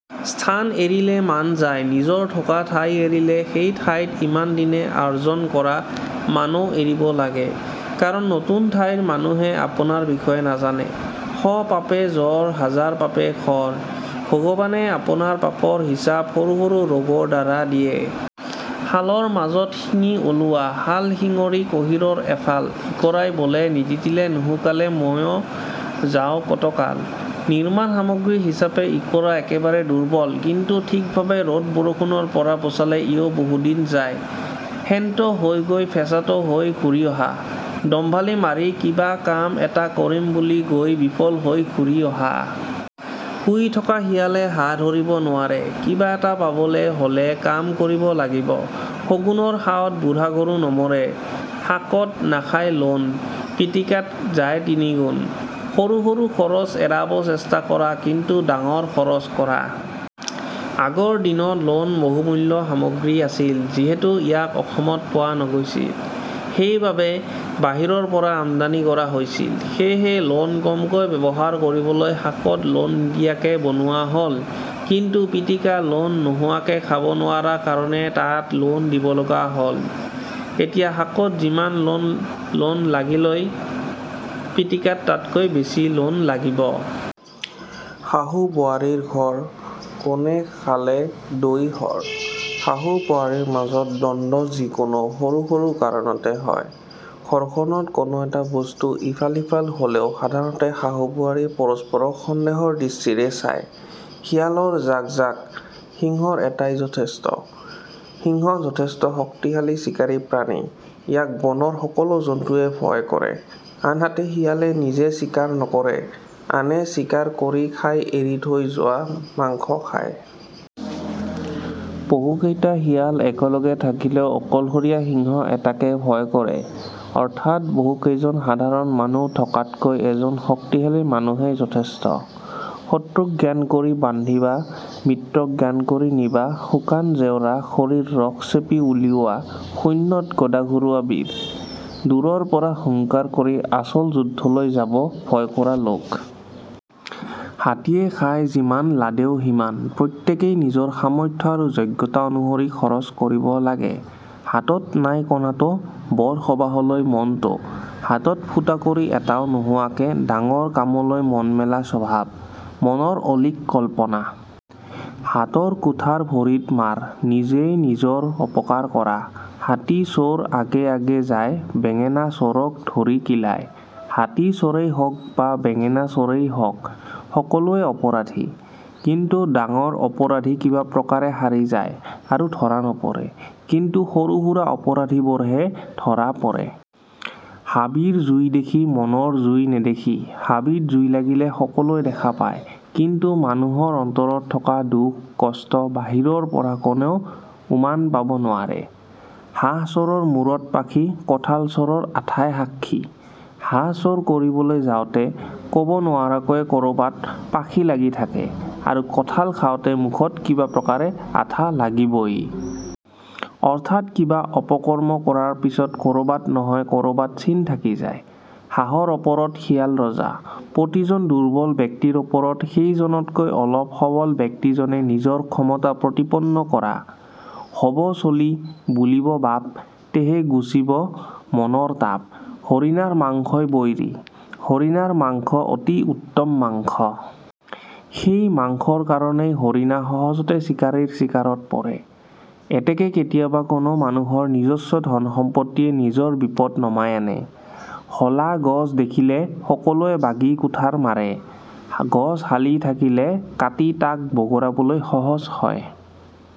স্থান এৰিলে মান যায়: নিজৰ থকা ঠাই এৰিলে সেই ঠাইত ইমান দিনে আৰ্জন কৰা মান ও এৰিব লাগে, কাৰণ নতুন ঠাইৰ মানুহে আপোনাৰ বিষয়ে নাজানে। শ পাপে জ্বৰ, হাজাৰ পাপে খৰ: ভগবানে আপোনাৰ পাপৰ হিচাপ সৰু সৰু ৰোগৰ দ্বাৰা দিয়ে। শালৰ মাজত শিঙি ওলোৱা শাল শিঙৰি কহিৰৰ এফাল, ইকৰাই বোলে নিতিতিলে নুশুকালে ময়ো যাও কত কাল: নিৰ্মাণ সামগ্ৰী হিচাবে ইকৰা একেবাৰে দুৰ্বল, কিন্তু ঠিকভাবে ৰ'দ-বৰষুণৰ পৰা বছালে ইও বহুদিন যায়। শেনতো হৈ গৈ ফেঁচাতো হৈ ঘূৰি অহা: দম্ভালি মাৰি কিবা কাম এটা কৰিম বুলি গৈ বিফল হৈ ঘূৰি অহা। শুই থকা শিয়ালে হাঁহ ধৰিব নোৱাৰে: কিবা এটা পাবলে হলে কাম কৰিব লাগিব। শগুনৰ শাওত বুঢ়া গৰু নমৰে শাকত নাখাই লোণ, পিটিকাত যায় তিনিগুণ: সৰু সৰু খৰচ এৰাব চেষ্টা কৰা, কিন্তু ডাঙৰ খৰচ কৰা। আগৰ দিনত লোণ বহুমূল্য সামগ্ৰী আছিল, যিহেতু ইয়াক অসমত পোৱা নগৈছিল সেই বাবে বাহিৰৰ পৰা আমদানী কৰা হৈছিল। সেয়েহে লোণ কমকৈ ব্যৱহাৰ কৰিবলৈ শাকত লোণ নিদিয়াকে বনোৱা হল, কিন্তু পিটিকা লোণ নোহোৱাকে খাব নোৱাৰা কাৰণে তাত লোণ দিব লগা হল, এতিয়া শাকত যিমান লোণ লাগিলহৈ পিটিকাত তাতকৈ বেছি লোণ লাগিব। শাহু-বোৱাৰীৰ ঘৰ, কোনে খালে দৈ-সৰ: শাহু বোৱাৰীৰ মাজত দ্বন্দ্ব যিকোনো সৰু সৰু কাৰণতে হয়। ঘৰখনত কোনো এটা বস্তু ইফাল সিফাল হ'লেও সাধাৰণতে শাহু-বোৱাৰীয়ে পৰস্পৰক সন্দেহৰ দৃষ্টিৰে চায়। শিয়ালৰ জাক জাক, সিংহৰ এটাই যথেষ্ট: সিংহ যথেষ্ট শক্তিশালী চিকাৰী প্ৰাণী, ইয়াক বনৰ সকলো জন্তুৱেই ভয় কৰে, আনহাতে শিয়ালে নিজে চিকাৰ নকৰে, আনে চিকাৰ কৰি খাই এৰি থৈ যোৱা মাংস খায়। বহুকেইটা শিয়াল একেলগে থাকিলেও অকলশৰীয়া সিংহ এটাকে ভয় কৰে। অৰ্থাৎ বহুকেইজন সাধাৰণ মানুহ থকাতকৈ এজন শক্তিশালী মানুহেই যথেষ্ট। শত্ৰু জ্ঞান কৰি বান্ধিবা, মিত্ৰ জ্ঞান কৰি নিবা শুকান জেওৰা খৰিৰ ৰস চেপি উলিওৱা শূন্যত গডা ঘূৰোৱা বীৰ: দূৰৰ পৰা হুঙ্কাৰ কৰি আচল যুদ্ধলৈ যাব ভয় কৰা লোক। হাতীয়ে খায় যিমান লাডেও সিমান: প্ৰত্যেকেই নিজৰ সামৰ্থ আৰু যোগ্যতা অনুসৰি খৰচ কৰিব লাগে। হাতত নাই কণটো, বৰ সবাহলৈ মনটো: হাতত ফুটাকড়ি এটাও নোহোৱাকে ডাঙৰ কামলৈ মন মেলা স্বভাৱ। মনৰ অলীক কল্পনা। হাতৰ কুঠাৰ ভৰিত মাৰ: নিজেই নিজৰ অপকাৰ কৰা। হাতী চোৰ আগে আগে যায় বেঙেনা চোৰক ধৰি কিলায়: হাতী চোৰেই হওক বা বেঙেনা চোৰেই হওক সকলোৱেই অপৰাধী। কিন্তু ডাঙৰ অপৰাধী কিবা প্ৰকাৰে সাৰি যায় আৰু ধৰা নপৰে, কিন্তু সৰু-সুৰা অপৰাধীবোৰ হে ধৰা পৰে। হাবিৰ জুই দেখি, মনৰ জুই নেদেখি: হাবিত জুই লাগিলে সকলোৱে দেখা পায়, কিন্তু মানুহৰ অন্তৰত থকা দুখঃ কষ্ট বাহিৰৰ পৰা কোনেও উমান পাব নোৱাৰে। হাঁহ চোৰৰ মূৰত পাখি, কঁঠাল চোৰৰ আঠায়ে সাক্ষী: হাঁহ চোৰ কৰিবলৈ যাওঁতে ক'ব নোৱাৰাকৈয়ে ক'ৰবাত পাখি লাগি থাকে আৰু কঁঠাল খাওঁতে মুখত কিবা প্ৰকাৰে আঠা লাগিবই। অৰ্থাৎ কিবা অপকৰ্ম কৰাৰ পিছত ক'ৰবাত নহয় ক'ৰবাত চিন থাকি যায়। হাঁহৰ ওপৰত শিয়াল ৰজা: প্ৰতিজন দুৰ্বল ব্যক্তিৰ ওপৰত সেই জনতকৈ অলপ সবল ব্যক্তিজনে নিজৰ ক্ষমতা প্ৰতিপন্ন কৰা। হ'ব চলি, বুলিব বাপ, তেহে গুচিব মনৰ তাপ হৰিণাৰ মাংসই বৈৰী: হৰিণাৰ মাংস অতি উত্তম মাংস। সেই মাংসৰ কাৰণেই হৰিণা সহজতে চিকাৰীৰ চিকাৰত পৰে। এতেকে কেতিয়াবা কোনো মানুহৰ নিজস্ব ধন-সম্পত্তিয়েই নিজৰ বিপদ নমায় আনে। হলা গছ দেখিলে সকলোৱে বাগি কুঠাৰ মাৰে: গছ হালি থকিলে কাটি তাক বগৰাবলৈ সহজ হয়।